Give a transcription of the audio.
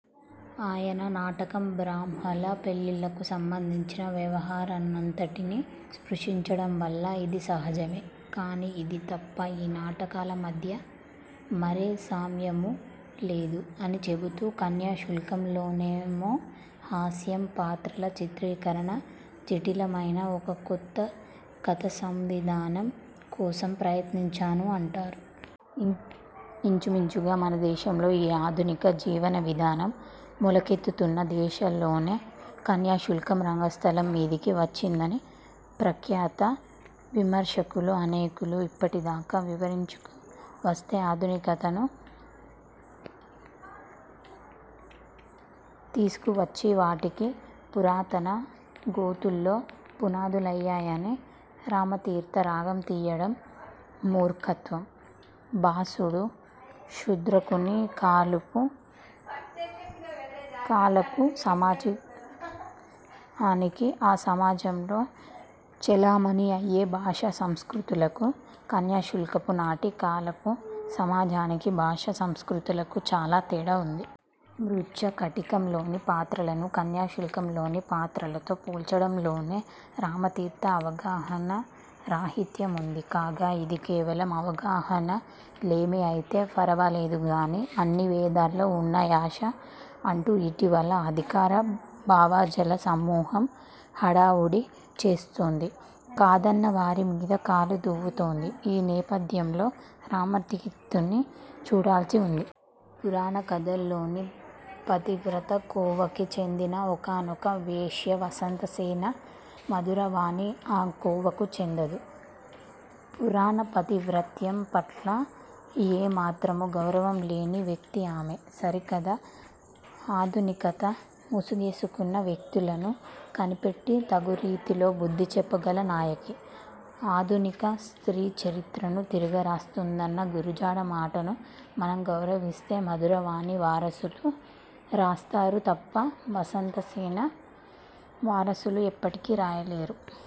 ఆయన నాటకం బ్రాహ్మల పెళ్లిళ్లకు సంబంధించిన వ్యవహారాన్నంతటినీ స్పృశించడం వల్ల ఇది సహజమే. కానీ, ఇది తప్ప ఈ నాటకాల మధ్య మరే సామ్యమూ లేదు'' అని చెబుతూ కన్యాశుల్కం లోనేమో హాస్యం, పాత్రల చిత్రీకరణ, జఠిలమైన ఒక కొత్త కథాసంవిధానం కోసం ప్రయత్నించాను అంటారు. ఇంచుమించుగా మనదేశంలో ఈ ఆధునిక జీవనవిధానం మొలకెత్తుతున్న దశలోనే- కన్యాశుల్కం రంగస్థలం మీదికి వచ్చిందని ప్రఖ్యాత విమర్శకులు అనేకులు ఇప్పటిదాకా వివరించుకువస్తే, ఆధునికతను తీసుకువచ్చి వాటికి పురాతన గోతుల్లో పునాదులున్నాయని రామతీర్థ రాగం తీయడం మూర్ఖత్వం. భాసుడు, శూద్రకుని కాలపు సమాజానికీ, ఆ సమాజంలో చెలామణీ అయ్యే భాషా సంస్కృతులకు- కన్యాశుల్కపు నాటి కాలపు సమాజానికి, భాషా సంస్కృతులకూ చాలా తేడా ఉంది. మృచ్ఛ కటికం లోని పాత్రలను కన్యాశుల్కంలోని పాత్రలతో పోల్చడంలోనే రామతీర్థ అవగాహనారాహిత్యం ఉంది. కాగా, ఇది కేవలం అవగాహనలేమి అయితే ఫరవాలేదుగానీ- అన్నీ వేదాల్లో ఉన్నాయష అంటూ ఇటీవల అధికార భావజాల సమూహం హడావుడి చేస్తోంది. కాదన్న వారిమీద కాలు దువ్వుతోంది. ఈ నేపథ్యంలో రామతీర్థను చూడాల్సి ఉంది. పురాణకథల్లోని పతివ్రత కోవకి చెందిన ఒకానొక వేశ్య వసంతసేన. మధురవాణి ఆ కోవకు చెందదు. పురాణ పాతివ్రత్యం పట్ల ఏ మాత్రమూ గౌరవం లేని వ్యక్తి ఆమె. సరికదా, ఆధునికత ముసుగేసుకున్న వ్యక్తులను కనిపెట్టి తగురీతిలో బుద్ధిచెప్పగల నాయకి. ఆధునిక స్త్రీ చరిత్రను తిరగరాస్తుందన్న గురజాడ మాటను మనం గౌరవిస్తే- మధురవాణి వారసులు రాస్తా రు తప్ప, వసంతసేన వారసులు ఎప్పటికీ రాయలేరు.